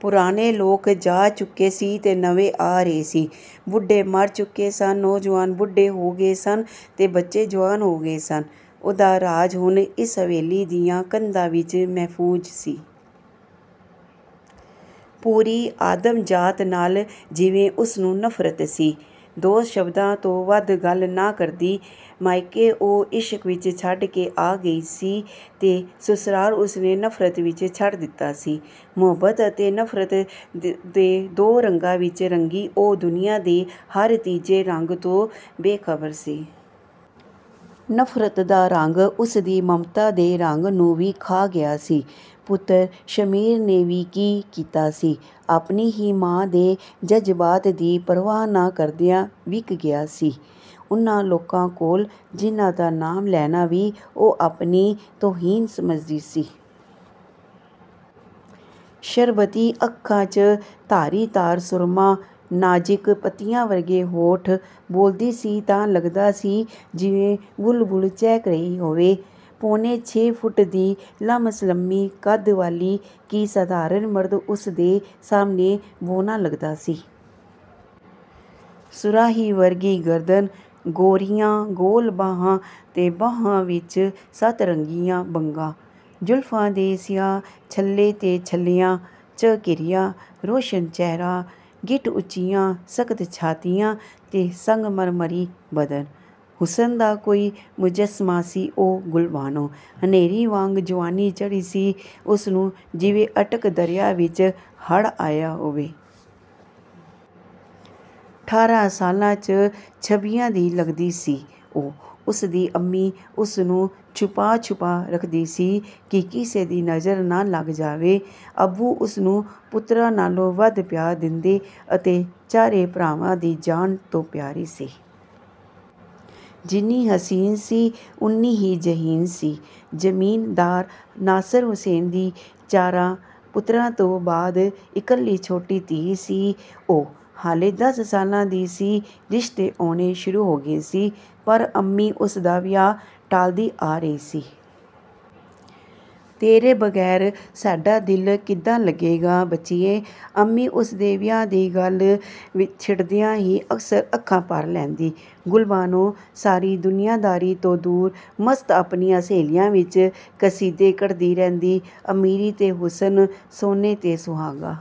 ਪੁਰਾਣੇ ਲੋਕ ਜਾ ਚੁੱਕੇ ਸੀ ਤੇ ਨਵੇਂ ਆ ਰਹੇ ਸੀ। ਬੁੱਢੇ ਮਰ ਚੁੱਕੇ ਸਨ। ਨੌਜਵਾਨ ਬੁੱਢੇ ਹੋ ਗਏ ਸਨ ਤੇ ਬੱਚੇ ਜਵਾਨ ਹੋ ਗਏ ਸਨ। ੳਹਦਾ ਰਾਜ਼ ਹੁਣ ਇਸ ਹਵੇਲੀ ਦੀਆ ਕੰਧਾਂ ਵਿੱਚ ਮਹਿਫੂਜ਼ ਸੀ। ਪੂਰੀ ਆਦਮਜ਼ਾਤ ਨਾਲ ਜਿਵੇਂ ਉਸਨੂੰ ਨਫ਼ਰਤ ਸੀ। ਦੋ ਸ਼ਬਦਾ ਤੋਂ ਵੱਧ ਗੱਲ ਨਾ ਕਰਦੀ। ਮਾਇਕੇ ਉਹ, ਇਸ਼ਕ ਵਿੱਚ ਛੱਡ ਕੇ ਆ ਗਈ ਸੀ ਤੇ ਸਸੁਰਾਲ ਉਸਨੇ ਨਫ਼ਰਤ ਵਿੱਚ ਛੱਡ ਦਿਤਾ ਸੀ। ਮੁਹੱਬਤ ਅਤੇ ਨਫ਼ਰਤ ਦੇ ਦੋ ਰੰਗਾਂ ਵਿੱਚ ਰੰਗੀ ਉਹ ਦੁਨੀਆ ਦੇ ਹਰ ਤੀਜੇ ਰੰਗ ਤੋ ਬੇਖ਼ਬਰ ਸੀ। ਨਫ਼ਰਤ ਦਾ ਰੰਗ ਉਸਦੀ ਮਮਤਾ ਦੇ ਰੰਗ ਨੂੰ ਵੀ ਖਾ ਗਿਆ ਸੀ। ਪੁੱਤਰ ਸ਼ਮੀਰ ਨੇ ਵੀ ਕੀ ਕੀਤਾ ਸੀ…? ਆਪਣੀ ਹੀ ਮਾਂ ਦੇ ਜਜ਼ਬਾਤ ਦੀ ਪ੍ਰਵਾਹ ਨਾ ਕਰਦਿਆਂ ਵਿਕ ਗਿਆ ਸੀ। ਉਨ੍ਹਾਂ ਲੋਕਾਂ ਕੋਲ, ਜਿੰਨ੍ਹਾਂ ਦਾ ਨਾਮ ਲੈਣਾ ਵੀ ਉਹ ਆਪਣੀ ਤੌਹੀਨ ਸਮਝਦੀ ਸੀ। ਸ਼ਰਬਤੀ ਅੱਖਾਂ 'ਚ ਧਾਰੀਦਾਰ ਸੁਰਮਾ। ਨਾਜ਼ਿਕ ਪੱਤੀਆ ਵਰਗੇ ਹੋਂਠ। ਬੋਲਦੀ ਸੀ ਤਾਂ ਲਗਦਾ ਸੀ ਜਿਵੇਂ ਬੁਲਬੁਲ ਚਹਿਕ ਰਹੀ ਹੋਵੇ। ਪੌਣੇ ਛੇ ਫੁੱਟ ਦੀ ਲੰਮ-ਸਲੰਮੀ ਕੱਦ ਵਾਲੀ ਕਿ ਸਧਾਰਣ ਮਰਦ ਉੁਸਦੇ ਸਾਹਮਣੇ ਬੌਣਾ ਲੱਗਦਾ ਸੀ। ਸੁਰਾਹੀ ਵਰਗੀ ਗਰਦਨ, ਗੋਰੀਆ ਗੋਲ ਬਾਹਾਂ ਤੇ ਬਾਹਾਂ ਵਿੱਚ ਸੱਤ-ਰੰਗੀਆਂ ਬੰਗਾਂ। ਜ਼ੁਲਫਾਂ ਦੇ ਸਿਆਹ ਛੱਲੇ ਤੇ ਛੱਲਿਆਂ, ਚ' ਘਿਰਿਆ ਰੋਸ਼ਨ ਚਿਹਰਾ। ਗਿੱਠ ਉਚੀਆ ਸਖਤ ਛਾਤੀਆ ਤੇ ਸੰਗਮਰਮਰੀ ਬਦਨ। ਹੁਸਨ ਦਾ ਕੋਈ ਮੁਜ਼ੱਸਮਾ ਸੀ ਉਹ ਗੁਲਬਾਨੋ… ਹਨੇਰੀ ਵਾਂਗ ਜਵਾਨੀ ਚੜ੍ਹੀ ਸੀ ਉਸਨੂੰ ਜਿਵੇਂ ਅਟਕ ਦਰਿਆ ਵਿੱਚ ਹੜ੍ਹ ਆਇਆ ਹੋਵੇ। ਠਾਰਾ ਸਾਲਾਂ, ਚ' ਛੱਬੀਆ ਦੀ ਲੱਗਦੀ ਸੀ ਉਹ। ਉਸਦੀ ਅੰਮੀ ਉਸਨੂੰ ਛੁਪਾ-ਛੁਪਾ ਰੱਖਦੀ ਸੀ ਕਿ ਕਿਸੇ ਦੀ ਨਜ਼ਰ ਨਾ ਲੱਗ ਜਾਵੇ। ਅੱਬੂ ਉਸਨੂੰ ਪੁੱਤਰਾ ਨਾਲੋ ਵੱਧ ਪਿਆਰ ਦਿੰਦੇ ਅਤੇ ਚਾਰੇ ਭਰਾਵਾਂ ਦੀ ਜਾਨ ਤੋਂ ਪਿਆਰੀ ਸੀ। ਜਿੰਨੀ ਹਸੀਨ ਸੀ ਉਨ੍ਹੀ ਹੀ ਜ਼ਹੀਨ ਸੀ। ਜ਼ਮੀਨਦਾਰ ਨਾਸਿਰ ਹੁਸੈਨ ਦੀ ਚਾਰਾ ਪੁੱਤਰਾ ਤੋ ਬਾਅਦ ਇੱਕਲੀ ਛੋਟੀ ਧੀ ਸੀ ਉਹ। ਹਾਲੇ ਦਸ ਸਾਲਾਂ ਦੀ ਸੀ ਰਿਸ਼ਤੇ ਆਉਣੇ ਸ਼ੁਰੂ ਹੋ ਗਏ ਸੀ। ਪਰ ਅੰਮੀ ਉਸਦਾ ਵਿਆਹ ਟਾਲਦੀ ਆ ਰਹੀ ਸੀ। "ਤੇਰੇ ਬਗੈਰ ਸਾਡਾ ਦਿਲ ਕਿੱਦਾ ਲੱਗੇਗਾ ਬੱਚੀਏ"ਅੰਮੀ ਉਸਦੇ ਵਿਆਹ ਦੀ ਗੱਲ ਛਿੜਦਿਆਂ ਹੀ ਅਕਸਰ ਅੱਖਾਂ ਭਰ ਲੈਦੀ। ਗੁਲਬਾਨੋ, ਸਾਰੀਆ ਦੁਨੀਆਦਾਰੀ ਤੋਂ ਦੂਰ ਮਸਤ ਆਪਣੀਆ ਸਹੇਲੀਆਂ ਵਿੱਚ ਕਸੀਦੇ ਕੱਢਦੀ ਰਹਿੰਦੀ। ਅਮੀਰੀ ਤੇ ਹੁਸਨ, ਸੋਨੇ ਤੇ ਸੁਹਾਗਾ।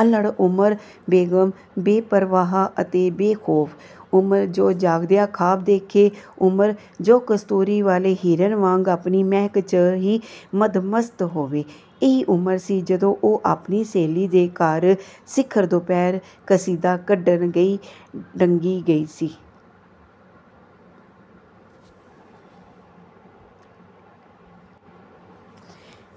ਅਲੜ੍ਹ ਉਮਰ, ਬੇਗਮ, ਬੇਪ੍ਰਵਾਹ ਅਤੇ ਬੇਖੌਫ। ਉਮਰ, ਜੋ ਜਾਗਦਿਆ ਖਾਬ ਦੇਖੇ.. ਉਮਰ, ਜੋ ਕਸਤੂਰੀ ਵਾਲੇ ਹਿਰਨ ਵਾਂਗ ਆਪਣੀ ਮਹਿਕ, ਚ' ਹੀ ਮਦਮਸਤ ਹੋਵੇ। ਇਹੀ ਉਮਰ ਸੀ ਜਦੋਂ ਉਹ ਆਪਣੀ ਸਹੇਲੀ ਦੇ ਘਰ ਸਿੱਖਰ ਦੁਪਿਹਰ ਕਸੀਦਾ ਕੱਢਣ ਗਈ ਡੰਗੀ ਗਈ ਸੀ।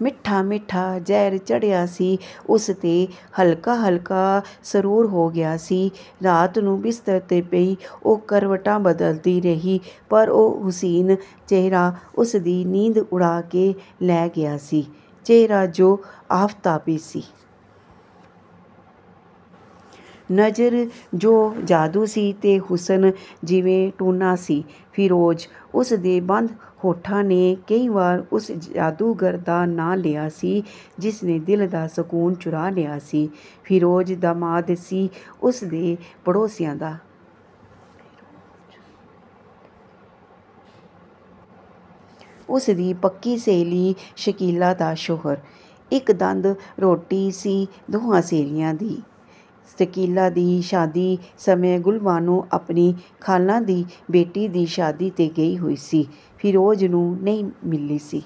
ਮਿੱਠਾ-ਮਿਠਾ ਜ਼ਹਿਰ ਚੜ੍ਹਿਆ ਸੀ ਉਸ ਤੇ ਹਲਕਾ-ਹਲਕਾ ਸਰੂਰ ਹੋ ਗਿਆ ਸੀ। ਰਾਤ ਨੂੰ ਬਿਸਤਰ ਤੇ ਪਈ ਉਹ ਕਰਵਟਾਂ ਬਦਲਦੀ ਰਹੀ। ਪਰ ਉਹ ਹੁਸੀਨ ਚਿਹਰਾ ਉਸਦੀ ਨੀਂਦ ਉੜਾ ਕੇ ਲੈ ਗਿਆ ਸੀ। ਚਿਹਰਾ ਜੋ ਆਫ਼ਤਾਬੀ ਸੀ। ਨਜ਼ਰ, ਜੋ ਜਾਦੂ ਸੀ ਤੇ ਹੁਸਨ, ਜਿਵੇ ਟੂਣਾ ਸੀ। "ਫਿਰੋਜ਼"… ਉਸਦੇ ਬੰਦ ਹੋਠਾਂ ਨੇ ਕਈ ਵਾਰ ਉਸ ਜਾਦੂਗਰ ਦਾ ਨਾਂ ਲਿਆ ਸੀ, ਜਿਸ ਨੇ ਦਿਲ ਦਾ ਸਕੂਨ ਚੁਰਾ ਲਿਆ ਸੀ। ਫਿਰੋਜ਼ ਦਾਮਾਦ ਸੀ ਉਸਦੇ ਪੜੌਸੀਆਂ ਦਾ। ਉਸਦੀ ਪੱਕੀ ਸਹੇਲੀ ਸ਼ਕੀਲਾ ਦਾ ਸ਼ੌਹਰ। ਇੱਕ ਦੰਦ ਰੋਟੀ ਸੀ ਦੋਹਾਂ ਸਹੇਲੀਆ ਦੀ। ਸ਼ਕੀਲਾ ਦੀ ਸ਼ਾਦੀ ਸਮੇਂ ਗੁਲਬਾਨੋ ਆਪਣੀ ਖਾਲਾਂ ਦੀ ਬੇਟੀ ਦੀ ਸ਼ਾਦੀ ਤੇ ਗਈ ਹੋਈ ਸੀ, ਫਿਰੋਜ਼ ਨੂੰ ਨਹੀ ਮਿਲੀ ਸੀ।